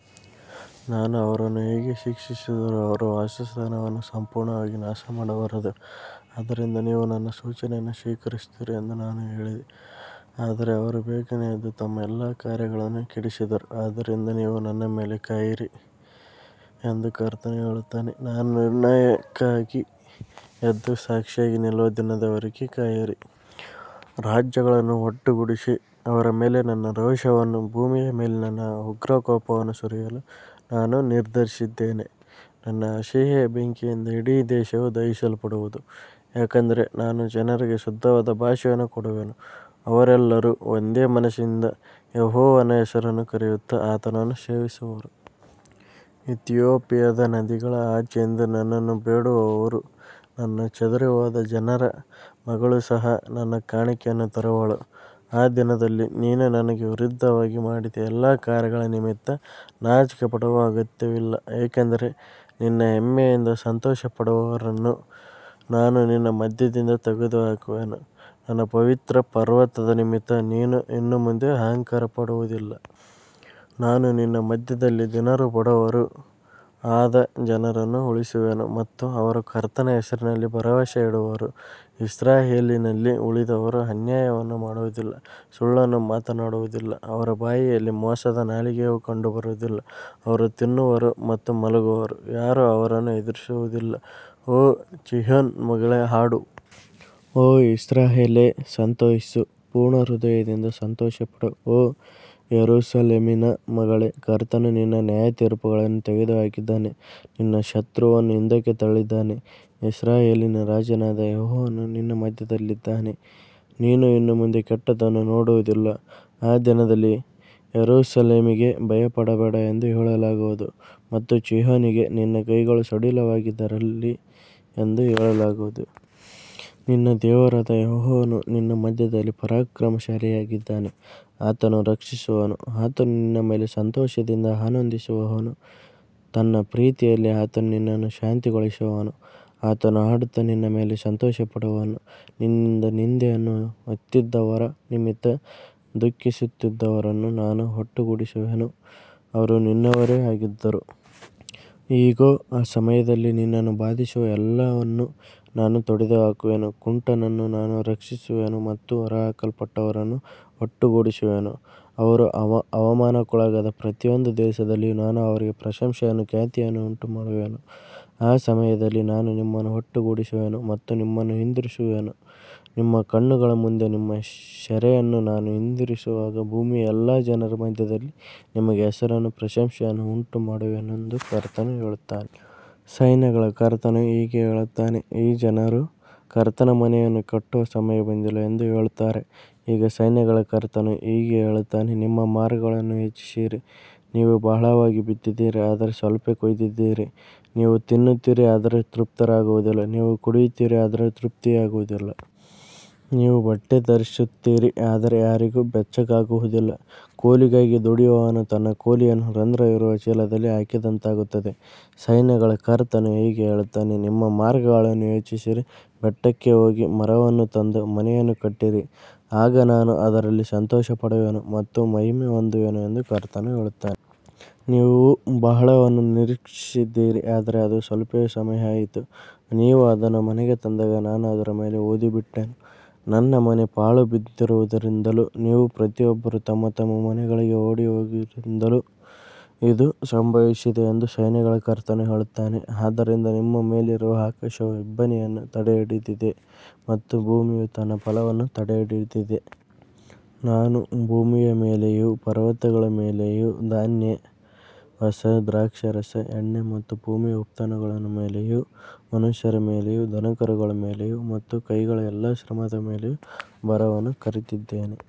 ನಾನು ಅವರನ್ನು ಹೇಗೆ ಶಿಕ್ಷಿಸಿದರೂ ಅವರ ವಾಸಸ್ಥಾನವನ್ನು ಸಂಪೂರ್ಣವಾಗಿ ನಾಶಮಾಡಬಾರದು. ಆದ್ದರಿಂದ ನೀವು ನನ್ನ ಸೂಚನೆಯನ್ನು ಸ್ವೀಕರಿಸುತ್ತೀರಿ ಎಂದು ನಾನು ಹೇಳಿದೆ. ಆದರೆ ಅವರು ಬೇಗನೆ ಎದ್ದು ತಮ್ಮ ಎಲ್ಲಾ ಕಾರ್ಯಗಳನ್ನು ಕೆಡಿಸಿದರು. ಆದ್ದರಿಂದ ನೀವು ನನ್ನ ಮೇಲೆ ಕಾಯಿರಿ ಎಂದು ಕರ್ತನು ಹೇಳುತ್ತಾನೆ. ನಾನು ನಿರ್ಣಯಕ್ಕಾಗಿ ಎದ್ದು ಸಾಕ್ಷಿಯಾಗಿ ನಿಲ್ಲುವ ದಿನದವರೆಗೆ ಕಾಯಿರಿ. ರಾಜ್ಯಗಳನ್ನು ಒಟ್ಟುಗೂಡಿಸಿ, ಅವರ ಮೇಲೆ ನನ್ನ ರೋಷವನ್ನೂ ಭೂಮಿಯ ಮೇಲಿನ ನನ್ನ ಉಗ್ರ ಕೋಪವನ್ನೂ ಸುರಿಯಲು ನಾನು ನಿರ್ಧರಿಸಿದ್ದೇನೆ. ನನ್ನ ಅಸೂಯೆಯ ಬೆಂಕಿಯಿಂದ ಇಡೀ ದೇಶವು ದಹಿಸಲ್ಪಡುವುದು. ಯಾಕಂದರೆ ನಾನು ಜನರಿಗೆ ಶುದ್ಧವಾದ ಭಾಷೆಯನ್ನು ಕೊಡುವೆನು, ಅವರೆಲ್ಲರೂ ಒಂದೇ ಮನಸ್ಸಿನಿಂದ ಯೆಹೋವನ ಹೆಸರನ್ನು ಕರೆಯುತ್ತಾ ಆತನನ್ನು ಸೇವಿಸುವರು. ಇಥಿಯೋಪಿಯಾದ ನದಿಗಳ ಆಚೆಯಿಂದ ನನ್ನನ್ನು ಬೇಡುವವರು, ನನ್ನ ಚದುರಿಹೋದ ಜನರ ಮಗಳು ಸಹ, ನನ್ನ ಕಾಣಿಕೆಯನ್ನು ತರುವಳು. ಆ ದಿನದಲ್ಲಿ ನೀನು ನನಗೆ ವಿರುದ್ಧವಾಗಿ ಮಾಡಿದ ಎಲ್ಲಾ ಕಾರ್ಯಗಳ ನಿಮಿತ್ತ ನಾಚಿಕೆಪಡುವ ಅಗತ್ಯವಿಲ್ಲ, ಏಕೆಂದರೆ ನಿನ್ನ ಹೆಮ್ಮೆಯಿಂದ ಸಂತೋಷಪಡುವವರನ್ನು ನಾನು ನಿನ್ನ ಮಧ್ಯದಿಂದ ತೆಗೆದುಹಾಕುವೆನು. ನನ್ನ ಪವಿತ್ರ ಪರ್ವತದ ನಿಮಿತ್ತ ನೀನು ಇನ್ನು ಮುಂದೆ ಅಹಂಕಾರಪಡುವುದಿಲ್ಲ. ನಾನು ನಿನ್ನ ಮಧ್ಯದಲ್ಲಿ ದೀನರೂ ಬಡವರೂ ಆದ ಜನರನ್ನು ಉಳಿಸುವೆನು ಮತ್ತು ಅವರು ಕರ್ತನ ಹೆಸರಿನಲ್ಲಿ ಭರವಸೆಯಿಡುವರು. ಇಸ್ರಾಯೇಲಿನಲ್ಲಿ ಉಳಿದವರು ಅನ್ಯಾಯವನ್ನು ಮಾಡುವುದಿಲ್ಲ, ಸುಳ್ಳನ್ನು ಮಾತನಾಡುವುದಿಲ್ಲ, ಅವರ ಬಾಯಿಯಲ್ಲಿ ಮೋಸದ ನಾಲಿಗೆಯು ಕಂಡುಬರುವುದಿಲ್ಲ. ಅವರು ತಿನ್ನುವರು ಮತ್ತು ಮಲಗುವರು, ಯಾರೂ ಅವರನ್ನು ಹೆದರಿಸುವುದಿಲ್ಲ. ಓ ಚೀಯೋನ್ ಮಗಳೇ, ಹಾಡು. ಓ ಇಸ್ರಾಯೇಲೇ, ಸಂತೋಷಿಸು. ಪೂರ್ಣ ಹೃದಯದಿಂದ ಸಂತೋಷಪಡು, ಓ ಯೆರೂಸಲೇಮಿನ ಮಗಳೇ. ಕರ್ತನು ನಿನ್ನ ನ್ಯಾಯತೀರ್ಪುಗಳನ್ನು ತೆಗೆದುಹಾಕಿದ್ದಾನೆ, ನಿನ್ನ ಶತ್ರುವನ್ನು ಹಿಂದಕ್ಕೆ ತಳ್ಳಿದ್ದಾನೆ. ಇಸ್ರಾಯೇಲಿನ ರಾಜನಾದ ಯೆಹೋವನು ನಿನ್ನ ಮಧ್ಯದಲ್ಲಿದ್ದಾನೆ, ನೀನು ಇನ್ನು ಮುಂದೆ ಕೆಟ್ಟದ್ದನ್ನು ನೋಡುವುದಿಲ್ಲ. ಆ ದಿನದಲ್ಲಿ ಯೆರೂಸಲೇಮಿಗೆ, ಭಯಪಡಬೇಡ ಎಂದು ಹೇಳಲಾಗುವುದು ಮತ್ತು ಚೀಯೋನಿಗೆ, ನಿನ್ನ ಕೈಗಳು ಸಡಿಲವಾಗದಿರಲಿ ಎಂದು ಹೇಳಲಾಗುವುದು. ನಿನ್ನ ದೇವರಾದ ಯೆಹೋವನು ನಿನ್ನ ಮಧ್ಯದಲ್ಲಿ ಪರಾಕ್ರಮಶಾಲಿಯಾಗಿದ್ದಾನೆ. ಆತನು ರಕ್ಷಿಸುವನು. ಆತನು ನಿನ್ನ ಮೇಲೆ ಸಂತೋಷದಿಂದ ಆನಂದಿಸುವನು. ತನ್ನ ಪ್ರೀತಿಯಲ್ಲಿ ಆತನು ನಿನ್ನನ್ನು ಶಾಂತಿಗೊಳಿಸುವನು. ಆತನು ಹಾಡುತ್ತಾ ನಿನ್ನ ಮೇಲೆ ಸಂತೋಷಪಡುವನು. ನಿನ್ನಿಂದ ನಿಂದೆಯನ್ನು ಹೊತ್ತಿದ್ದವರ ನಿಮಿತ್ತ ದುಃಖಿಸುತ್ತಿದ್ದವರನ್ನು ನಾನು ಒಟ್ಟುಗೂಡಿಸುವೆನು, ಅವರು ನಿನ್ನವರೇ ಆಗಿದ್ದರು. ಇಗೋ, ಆ ಸಮಯದಲ್ಲಿ ನಿನ್ನನ್ನು ಬಾಧಿಸುವ ಎಲ್ಲವನ್ನೂ ನಾನು ತೊಡೆದುಹಾಕುವೆನು. ಕುಂಟನನ್ನು ನಾನು ರಕ್ಷಿಸುವೆನು ಮತ್ತು ಹೊರಹಾಕಲ್ಪಟ್ಟವರನ್ನು ಒಟ್ಟುಗೂಡಿಸುವೆನು. ಅವರು ಅವಮಾನಕ್ಕೊಳಗಾದ ಪ್ರತಿಯೊಂದು ದೇಶದಲ್ಲಿಯೂ ನಾನು ಅವರಿಗೆ ಪ್ರಶಂಸೆಯನ್ನೂ ಖ್ಯಾತಿಯನ್ನೂ ಉಂಟುಮಾಡುವೆನು. ಆ ಸಮಯದಲ್ಲಿ ನಾನು ನಿಮ್ಮನ್ನು ಒಟ್ಟುಗೂಡಿಸುವೆನು ಮತ್ತು ನಿಮ್ಮನ್ನು ಹಿಂದಿರುಗಿಸುವೆನು. ನಿಮ್ಮ ಕಣ್ಣುಗಳ ಮುಂದೆ ನಿಮ್ಮ ಸೆರೆಯನ್ನು ನಾನು ಹಿಂದಿರುಗಿಸುವಾಗ, ಭೂಮಿಯ ಎಲ್ಲಾ ಜನರ ಮಧ್ಯದಲ್ಲಿ ನಿಮಗೆ ಹೆಸರನ್ನೂ ಪ್ರಶಂಸೆಯನ್ನೂ ಉಂಟುಮಾಡುವೆನು ಎಂದು ಕರ್ತನು ಹೇಳುತ್ತಾನೆ. ಸೈನ್ಯಗಳ ಕರ್ತನು ಹೀಗೆ ಹೇಳುತ್ತಾನೆ, ಈ ಜನರು ಕರ್ತನ ಮನೆಯನ್ನು ಕಟ್ಟುವ ಸಮಯ ಬಂದಿಲ್ಲ ಎಂದು ಹೇಳುತ್ತಾರೆ. ಈಗ ಸೈನ್ಯಗಳ ಕರ್ತನು ಹೀಗೆ ಹೇಳುತ್ತಾನೆ, ನಿಮ್ಮ ಮಾರ್ಗಗಳನ್ನು ಯೋಚಿಸಿರಿ. ನೀವು ಬಹಳವಾಗಿ ಬಿತ್ತಿದ್ದೀರಿ, ಆದರೆ ಸ್ವಲ್ಪವೇ ಕೊಯ್ದಿದ್ದೀರಿ. ನೀವು ತಿನ್ನುತ್ತೀರಿ, ಆದರೆ ತೃಪ್ತರಾಗುವುದಿಲ್ಲ. ನೀವು ಕುಡಿಯುತ್ತೀರಿ, ಆದರೆ ತೃಪ್ತಿಯಾಗುವುದಿಲ್ಲ. ನೀವು ಬಟ್ಟೆ ಧರಿಸುತ್ತೀರಿ, ಆದರೆ ಯಾರಿಗೂ ಬೆಚ್ಚಗಾಗುವುದಿಲ್ಲ. ಕೂಲಿಗಾಗಿ ದುಡಿಯುವವನು ತನ್ನ ಕೂಲಿಯನ್ನು ರಂಧ್ರವಿರುವ ಚೀಲದಲ್ಲಿ ಹಾಕಿದಂತಾಗುತ್ತದೆ. ಸೈನ್ಯಗಳ ಕರ್ತನು ಹೀಗೆ ಹೇಳುತ್ತಾನೆ, ನಿಮ್ಮ ಮಾರ್ಗಗಳನ್ನು ಯೋಚಿಸಿರಿ. ಬೆಟ್ಟಕ್ಕೆ ಹೋಗಿ ಮರವನ್ನು ತಂದು ಮನೆಯನ್ನು ಕಟ್ಟಿರಿ. ಆಗ ನಾನು ಅದರಲ್ಲಿ ಸಂತೋಷಪಡುವೆನು ಮತ್ತು ಮಹಿಮೆ ಹೊಂದುವೆನು ಎಂದು ಕರ್ತನು ಹೇಳುತ್ತಾನೆ. ನೀವು ಬಹಳವನ್ನು ನಿರೀಕ್ಷಿಸಿದ್ದೀರಿ, ಆದರೆ ಅದು ಸ್ವಲ್ಪವೇ ಆಯಿತು. ನೀವು ಅದನ್ನು ಮನೆಗೆ ತಂದಾಗ ನಾನು ಅದರ ಮೇಲೆ ಊದಿಬಿಟ್ಟೆನು. ನನ್ನ ಮನೆ ಪಾಳುಬಿದ್ದಿರುವುದರಿಂದಲೂ ನೀವು ಪ್ರತಿಯೊಬ್ಬರೂ ತಮ್ಮ ತಮ್ಮ ಮನೆಗಳಿಗೆ ಓಡಿಹೋಗಿರುವುದರಿಂದಲೂ ಇದು ಸಂಭವಿಸಿದೆ ಎಂದು ಸೈನ್ಯಗಳ ಕರ್ತನು ಹೇಳುತ್ತಾನೆ. ಆದ್ದರಿಂದ ನಿಮ್ಮ ಮೇಲಿರುವ ಆಕಾಶವು ಇಬ್ಬನಿಯನ್ನು ತಡೆಹಿಡಿದಿದೆ ಮತ್ತು ಭೂಮಿಯು ತನ್ನ ಫಲವನ್ನು ತಡೆಹಿಡಿದಿದೆ. ನಾನು ಭೂಮಿಯ ಮೇಲೆಯೂ ಪರ್ವತಗಳ ಮೇಲೆಯೂ ಧಾನ್ಯ, ಹೊಸ ದ್ರಾಕ್ಷಾರಸ, ಎಣ್ಣೆ ಮತ್ತು ಭೂಮಿಯ ಉತ್ಪನ್ನಗಳ ಮೇಲೆಯೂ, ಮನುಷ್ಯರ ಮೇಲೆಯೂ ದನಕರುಗಳ ಮೇಲೆಯೂ ಮತ್ತು ಕೈಗಳ ಎಲ್ಲಾ ಶ್ರಮದ ಮೇಲೆಯೂ ಬರವನ್ನು ಕರೆದಿದ್ದೇನೆ.